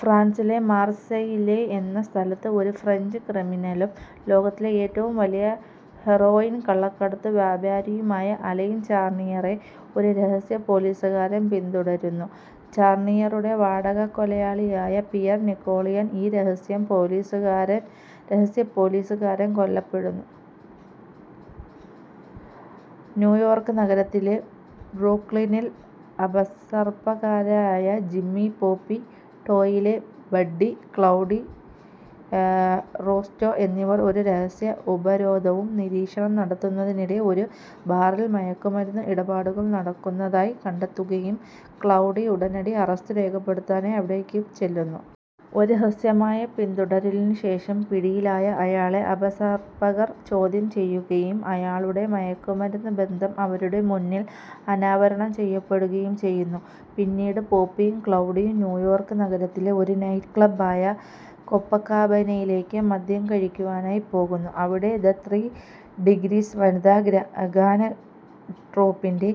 ഫ്രാൻസിലെ മാർസെയില്ലെ എന്ന സ്ഥലത്ത് ഒരു ഫ്രഞ്ച് ക്രിമിനലും ലോകത്തിലെ ഏറ്റവും വലിയ ഹെറോയിൻ കള്ളക്കടത്തു വ്യാപാരിയുമായ അലൈൻ ചാർണിയറെ ഒരു രഹസ്യപ്പോലീസുകാരൻ പിന്തുടരുന്നു. ചാർണിയറുടെ വാടകക്കൊലയാളിയായ പിയർ നിക്കോളിയാൽ ഈ രഹസ്യ പോലീസുകാരൻ കൊല്ലപ്പെടുന്നു. ന്യൂയോർക്ക് നഗരത്തിലെ ബ്രൂക്ലിനിൽ അപസർപ്പകരായ Jimmy "Popeye" Doyle, Buddy "Cloudy Russo എന്നിവർ ഒരു രഹസ്യ ഉപരോധവും നിരീക്ഷണം നടത്തുന്നതിനിടെ ഒരു ബാറിൽ മയക്കു മരുന്ന് ഇടപാടുകൾ നടക്കുന്നതായി കണ്ടെത്തുകയും ക്ലൗഡി ഉടനടി അറസ്റ്റു രേഖപ്പെടുത്താനായി അവിടേയ്ക്കു ചെല്ലുന്നു. ഒരു ഹ്രസ്വമായ പിന്തുടരലിനുശേഷം പിടിയിലായ അയാളെ അപസർപ്പകർ ചോദ്യം ചെയ്യുകയും അയാളുടെ മയക്കുമരുന്നുബന്ധം അവരുടെ മുന്നിൽ അനാവരണം ചെയ്യപ്പെടുകയും ചെയ്യുന്നു. പിന്നീട്, പോപ്പിയും ക്ലൗഡിയും ന്യൂയോർക്ക് നഗരത്തിലെ ഒരു നൈറ്റ് ക്ലബ്ബായ കൊപ്പക്കാബനയിലേയ്ക്ക് മദ്യം കഴിക്കുവാനായി പോകുന്നു. അവിടെ 'ദ ത്രീ ഡിഗ്രീസ്' വനിതാ ഗാനട്രൂപ്പിൻ്റെ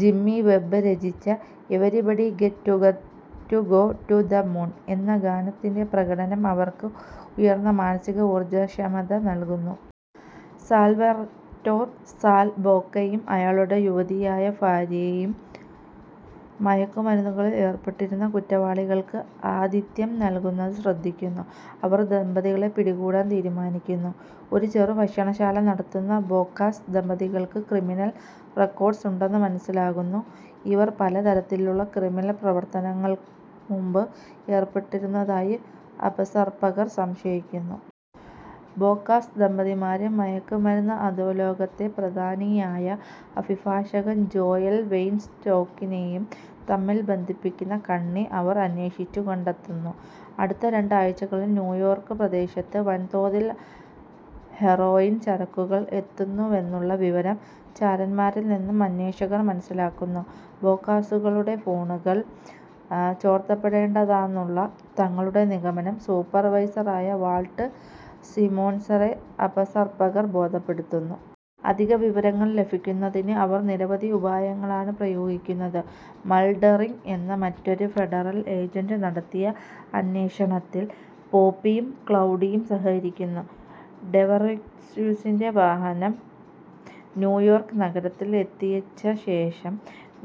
ജിമ്മി വെബ്ബ് രചിച്ച "Everybody Gets to Go to the Moon" എന്ന ഗാനത്തിൻ്റെ പ്രകടനം അവർക്ക് ഉയർന്ന മാനസിക ഊർജ്ജക്ഷമത നൽകുന്നു. സാൽവറ്റോർ "സാൽ" ബോക്കയും അയാളുടെ യുവതിയായി ഭാര്യയും മയക്കുമരുന്നുകളിൽ ഏർപ്പെട്ടിരുന്ന കുറ്റവാളികൾക്ക് ആതിഥ്യം നൽകുന്നത് ശ്രദ്ധിക്കുന്നു. അവർ ദമ്പതികളെ പിടികൂടാൻ തീരുമാനിക്കുന്നു. ഒരു ചെറു ഭക്ഷശാല നടത്തുന്ന ബോക്കാസ് ദമ്പതികൾക്ക് ക്രിമിനൽ റെക്കോർഡ് ഉണ്ടെന്നു മനസ്സിലാക്കുന്നു. ഇവർ പല തരത്തിലുള്ള ക്രിമിനൽ പ്രവർത്തനത്തിൽ മുമ്പ് ഏർപ്പെട്ടിരുന്നതായി അപസർപ്പകർ സംശയിക്കുന്നു. ബോക്കാസ് ദമ്പതിമാരും മയക്കു മരുന്ന് അധോലോകത്തെ പ്രധാനിയായ അഭിഭാഷകൻ ജോയൽ വെയ്ൻസ്റ്റോക്കിനേയും തമ്മിൽ ബന്ധിപ്പിക്കുന്ന കണ്ണി അവർ അന്വേഷിച്ചു കണ്ടെത്തുന്നു. അടുത്ത രണ്ടു ആഴ്ചകളിൽ ന്യൂയോർക്ക് പ്രദേശത്ത് വൻതോതിൽ ഹെറോയിൻ ചരക്കുകൾ എത്തുന്നുവെന്നുള്ള വിവരം ചാരന്മാരിൽനിന്നു അന്വേഷകർ മനസ്സിലാക്കുന്നു. ബോക്കാസുകളുടെ ഫോണുകൾ ചോർത്തപ്പേടേണ്ടതാണെന്നുള്ള തങ്ങളുടെ നിഗമനം സൂപ്പർവൈസറായ വാൾട്ട് സിമോൺസനെ അപസർപ്പകർ ബോധ്യപ്പെടുത്തുന്നു. അധിക വിവരങ്ങൾ ലഭിക്കുന്നതിന് അവർ നിരവധി ഉപായങ്ങളാണ് പ്രയോഗിക്കുന്നത്. മൽഡെറിഗ് എന്ന മറ്റൊരു ഫെഡറൽ ഏജൻ്റ് നടത്തിയ അന്വേഷണത്തിൽ പോപ്പിയും ക്ലൗഡിയും സഹകരിക്കുന്നു. ഡെവെറ്യൂക്സിൻ്റെ വാഹനം ന്യയോർക്ക് നഗരത്തിൽ എത്തിച്ചതിനു ശേഷം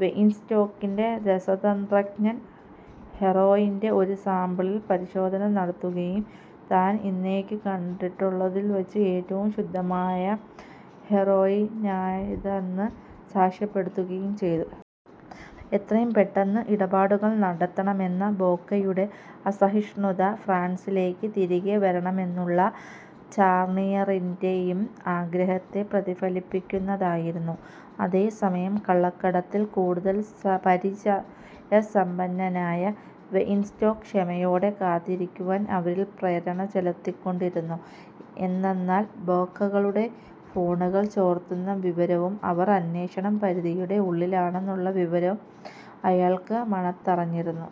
വെയിൻസ്റ്റോക്കിൻ്റെ രസതന്ത്രജ്ഞൻ ഹെറോയിൻ്റെ ഒരു സാമ്പിളിൽ പരിശോധന നടത്തുകയും താൻ ഇന്നേയ്ക്കു കണ്ടിട്ടുള്ളതിൽവച്ച് ഏറ്റവും ശുദ്ധമായ ഹെറോയിനാണിതെന്നു സാക്ഷ്യപ്പെടുത്തുകയും ചെയ്തു. എത്രയും പെട്ടെന്ന് ഇടപാടു നടത്തമെന്ന ബോക്കയുടെ അസഹിഷ്ണുത ഫ്രാൻസിലേയ്ക്ക് തിരികെ വരണമെന്നുള്ള ചാർണിയറിൻ്റെയും ആഗ്രഹത്തെ പ്രതിഫലിപ്പിക്കുന്നതായിരുന്നു. അതേസമയം കള്ളക്കടത്തിൽ കൂടുതൽ പരിചയസമ്പന്നനായ വെയിൻസ്റ്റോക്ക് ക്ഷമയോടെ കാത്തിരിക്കുവാൻ അവരിൽ പ്രേരണ ചെലുത്തിക്കൊണ്ടിരുന്നു, എന്തന്നാൽ ബോക്കകളുടെ ഫോണുകൾ ചോർത്തുന്ന വിവരവും അവർ അന്വേഷണം പരിധിയുടെ ഉള്ളിലാണെന്നുമുള്ള വിവരം അയാൾക്ക് മണത്തറിഞ്ഞിരുന്നു.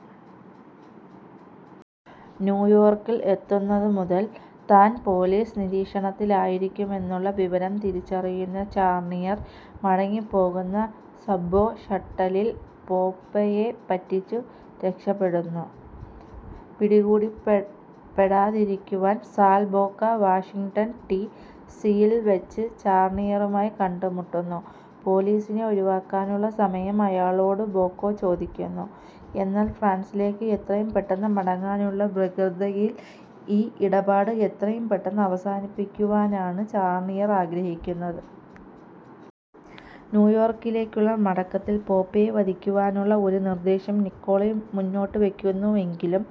ന്യൂയോർക്കിൽ എത്തുന്നതു മുതൽ താൻ പോലീസ് നിരീക്ഷണത്തിലായിരിക്കുമെന്നുള്ള വിവരം തിരിച്ചറിയുന്ന ചാർണിയർ മടങ്ങിപ്പോകുന്ന സബ്വേ ഷട്ടലിൽ പോപ്പെയെ പറ്റിച്ചു രക്ഷപെടുന്നു. പിടികൂടപ്പെടാതെയിരിക്കുവാൻ സാൽ ബോക്ക വാഷിംഗ്ടൺ ഡി. സിയിൽവച്ച് ചാർണിയറുമായി കണ്ടുമുട്ടുന്നു. പോലീസിനെ ഒഴിവാക്കാനുള്ള സമയം അയാളോടു ബോക്കാ ചോദിക്കുന്നു. എന്നാൽ ഫ്രാൻസിലേയക്കു എത്രയും പെട്ടെന്നു മടങ്ങാനുള്ള വ്യഗ്രതയിൽ ഈ ഇടപാട് എത്രയും പെട്ടെന്നു അവസാനിപ്പിക്കുവാനാണ് ചാർണിയർ ആഗ്രഹിക്കുന്നത്. ന്യൂയോർക്കിലേക്കുള്ള മടക്കത്തിൽ പോപ്പേയെ വധിക്കുവാനുള്ള ഒരു നിർദ്ദേശം നിക്കോളി മുന്നോട്ടുവയക്കുന്നുവെങ്കിലും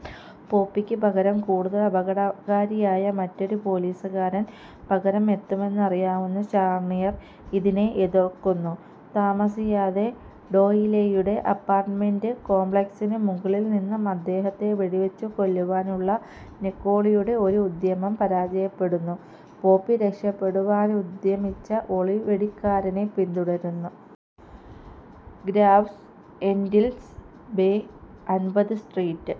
പോപ്പിയ്ക്കു പകരം കൂടുതൽ അപകടകാരിയായ മറ്റൊരു പോലീസുകാരൻ പകരം എത്തുമെന്നറിയാവുന്ന ചാർണിയർ ഇതിനെ എതിർക്കുന്നു. താമസിയാതെ, ഡോയിലെയുടെ അപ്പാർട്ടമെനൻ്റ് കോംപ്ലക്സിനു മുകളിൽനിന്ന് അദ്ദേഹത്തെ വെടിവച്ചു കൊല്ലുവാനുള്ള നിക്കോളിയുടെ ഒരു ഉദ്യമം പരാജയപ്പെടുന്നു. പോപ്പി രക്ഷപെടുവാനുദ്യമിച്ച ഒളിവെടിക്കാരനെ പിന്തുടരുന്നു. ഗ്രേവ്സ്എൻ്റിൽ, ബേ അൻപത് സ്ട്രീറ്റ്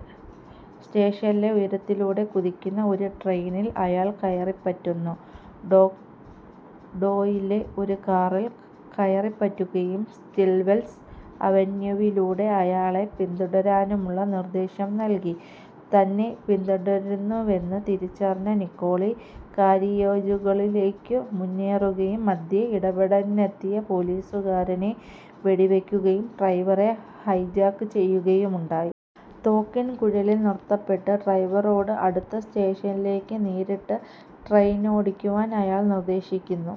സ്റ്റേഷനിലെ ഉയരത്തിലൂടെ കുതിക്കുന്ന ഒരു ട്രെയിനിൽ അയാൾ കയറിപ്പറ്റുന്നു. ഡോ ഡോയിലെ ഒരു കാറിൽ കയറിപ്പറ്റുകയും സ്റ്റിൽവെൽ അവന്യൂവിലൂടെ അയാളെ പിന്തുടരാനുമുള്ള നിർദ്ദേശം നൽകി. തന്നെ പിന്തുടരുന്നുവെന്നു തിരിച്ചറിഞ്ഞ നിക്കോളി, കാരിയേജുകളിലേയ്ക്കു മുന്നേറുകയും മദ്ധ്യേ ഇടപെടാനെത്തിയ പോലീസുകാരനെ വെടിവയ്ക്കുകയും ഡ്രൈവറെ ഹൈജാക്ക് ചെയ്യുകയുമുണ്ടായി. തോക്കിൻ കുഴലിൽ നിർത്തപ്പെട്ട് ഡ്രൈവറോട് അടുത്ത സ്റ്റേഷനിലേയ്ക്ക് നേരിട്ട് ട്രെയിനോടിക്കുവാൻ അയാൾ നിർദ്ദേശിക്കുന്നു.